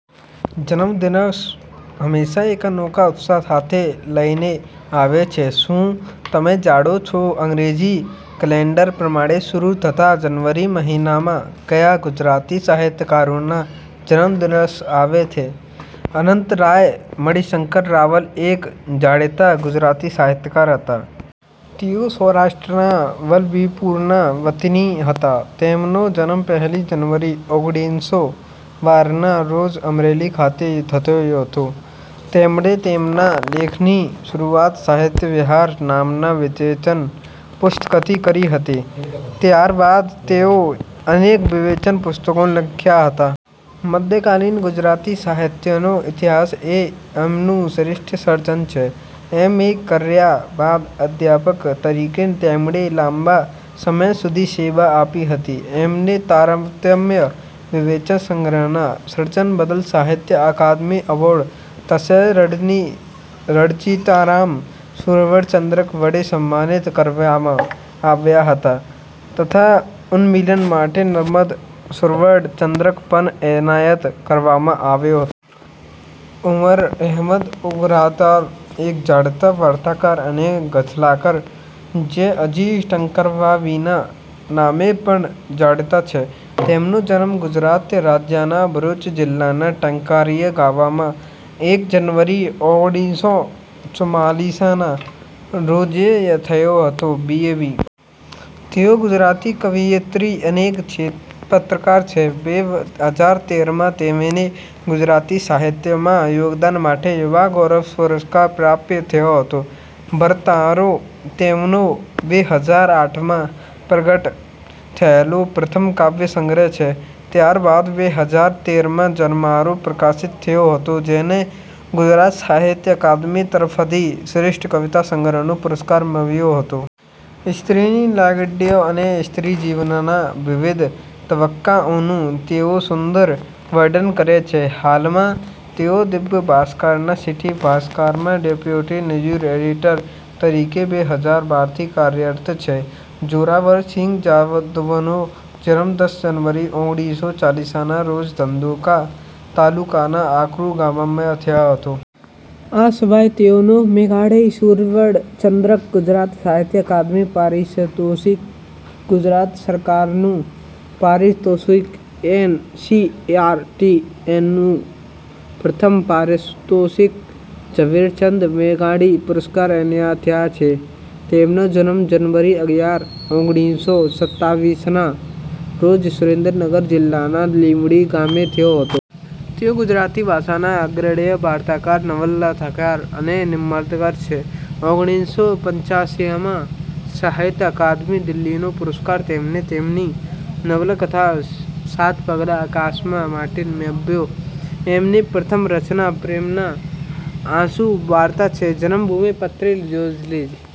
જન્મદિવસ હંમેશા એક અનોખો ઉત્સાહ સાથે લઈને આવે છે. શું તમે જાણો છો અંગ્રેજી કેલેન્ડર પ્રમાણે શરૂ થતાં જાન્યુઆરી મહિનામાં કયા ગુજરાતી સાહિત્યકારોનો જન્મ દિવસ આવે છે? અનંતરાય મણિશંકર રાવળ એક જાણીતા ગુજરાતી સાહિત્યકાર હતા. તેઓ સૌરાષ્ટ્રના વલભીપુરના વતની હતા. તેમનો જન્મ પેલી જાન્યુઆરી ઓગણીસો બાર ના રોજ અમરેલી ખાતે થયો હતો. તેમણે તેમના લેખનની શરૂઆત સાહિત્યવિહાર નામના વિવેચન પુસ્તકથી કરી હતી. ત્યારબાદ તેઓએ અનેક વિવેચન પુસ્તકો લખ્યાં હતાં. 'મધ્યકાલીન ગુજરાતી સાહિત્યનો ઇતહાસ' એ એમનું શ્રેષ્ઠ સર્જન છે. એમ.એ કર્યા બાદ અધ્યાપક તરીકે તેમણે લાંબા સમય સુધી સેવા આપી હતી. એમને 'તારતમ્ય વિવેચન સંગ્રહ'ના સર્જન બદલ સાહિત્ય અકાદમી એવોર્ડ તેમજ રણજિતરામ સુવર્ણચંદ્રક વડે સન્માનિત કરવામાં આવ્યા હતા તથા ઉન્મિલન માટે નર્મદ સુવર્ણ ચંદ્રક પણ એનાયત કરવામાં આવ્યો હતો. ઉમર અહમદ ઉઘરાતદાર એક જાણીતા વાર્તાકાર અને ગઝલકાર જે અઝીઝ ટંકારવીના નામે પણ જાણીતા છે. તેઓનો જન્મ ગુજરાત રાજ્યના ભરૂચ જિલ્લાના ટંકારીયા ગામમાં એક જાન્યુઆરી ઓગણીસો ચુમાલીસ ના રોજ થયો હતો. બી. એ, બી. તેઓ ગુજરાતી કવિયત્રી અને પત્રકાર છે. બે હજાર તેર માં તેણીને ગુજરાતી સાહિત્યમાં યોગદાન માટે યુવા ગૌરવ પુરસ્કાર પ્રાપ્ત થયો હતો. 'વરતારો' તેઓનો બે હજાર આઠ માં પ્રગટ થયેલો પ્રથમ કાવ્ય સંગ્રહ છે, ત્યારબાદ બે હજાર તેર માં 'જન્મારો' પ્રકાશિત થયો હતો જેને ગુજરાત સાહિત્ય અકાદમી તરફથી શ્રેષ્ઠ કવિતા સંગ્રહનો પુરસ્કાર મળ્યો હતો. સ્ત્રીની લાગણીઓ અને સ્ત્રી જીવનના વિવિધ તબક્કાઓનું તેઓ સુંદર વર્ણન કરે છે. હાલમાં તેઓ દિવ્ય ભાસ્કરના સીટી ભાસ્કરમાં ડેપ્યુટી ન્યૂઝ એડિટર તરીકે બે હજાર બાર થી કાર્યરત છે. જોરાવરસિંહ જાદવનો જન્મ દસ જાન્યુઆરી ઓગણીસો ચાલીસ ના રોજ ધંધુકા તાલુકાના આકરુ ગામમાં થયો હતો. આ સિવાય તેઓને મેઘાણી સુવર્ણચંદ્રક, ગુજરાત સાહિત્ય અકાદમી પારિતોષિક, ગુજરાત સરકારનું પારિતોષિક, N. C. E. R. T. નું પ્રથમ પારિતોષિક, ઝવેરચંદ મેઘાણી પુરસ્કાર એનાયત થયા છે. તેમનો જન્મ જાન્યુઆરી અગિયાર, ઓગણીસો સતાવીસ રોજ સુરેન્દ્રનગર જિલ્લાના લીંબડી ગામે થયો હતો. તેઓ ગુજરાતી ભાષાના અગ્રગણ્ય વાર્તાકાર, નવલકથાકાર અને નિબંધકાર છે. ઓગણીસો પંચ્માંયાસી માં સાહિત્ય અકાદમી, દિલ્હીનો પુરસ્કાર તેમને તેમની નવલકથા 'સાત પગલાં આકાશમાં' માટે મળ્યો. એમની પ્રથમ રચના 'પ્રેમનાં આંસુ' વાર્તા છે. 'જન્મભૂમિ' પત્રએ યોજેલી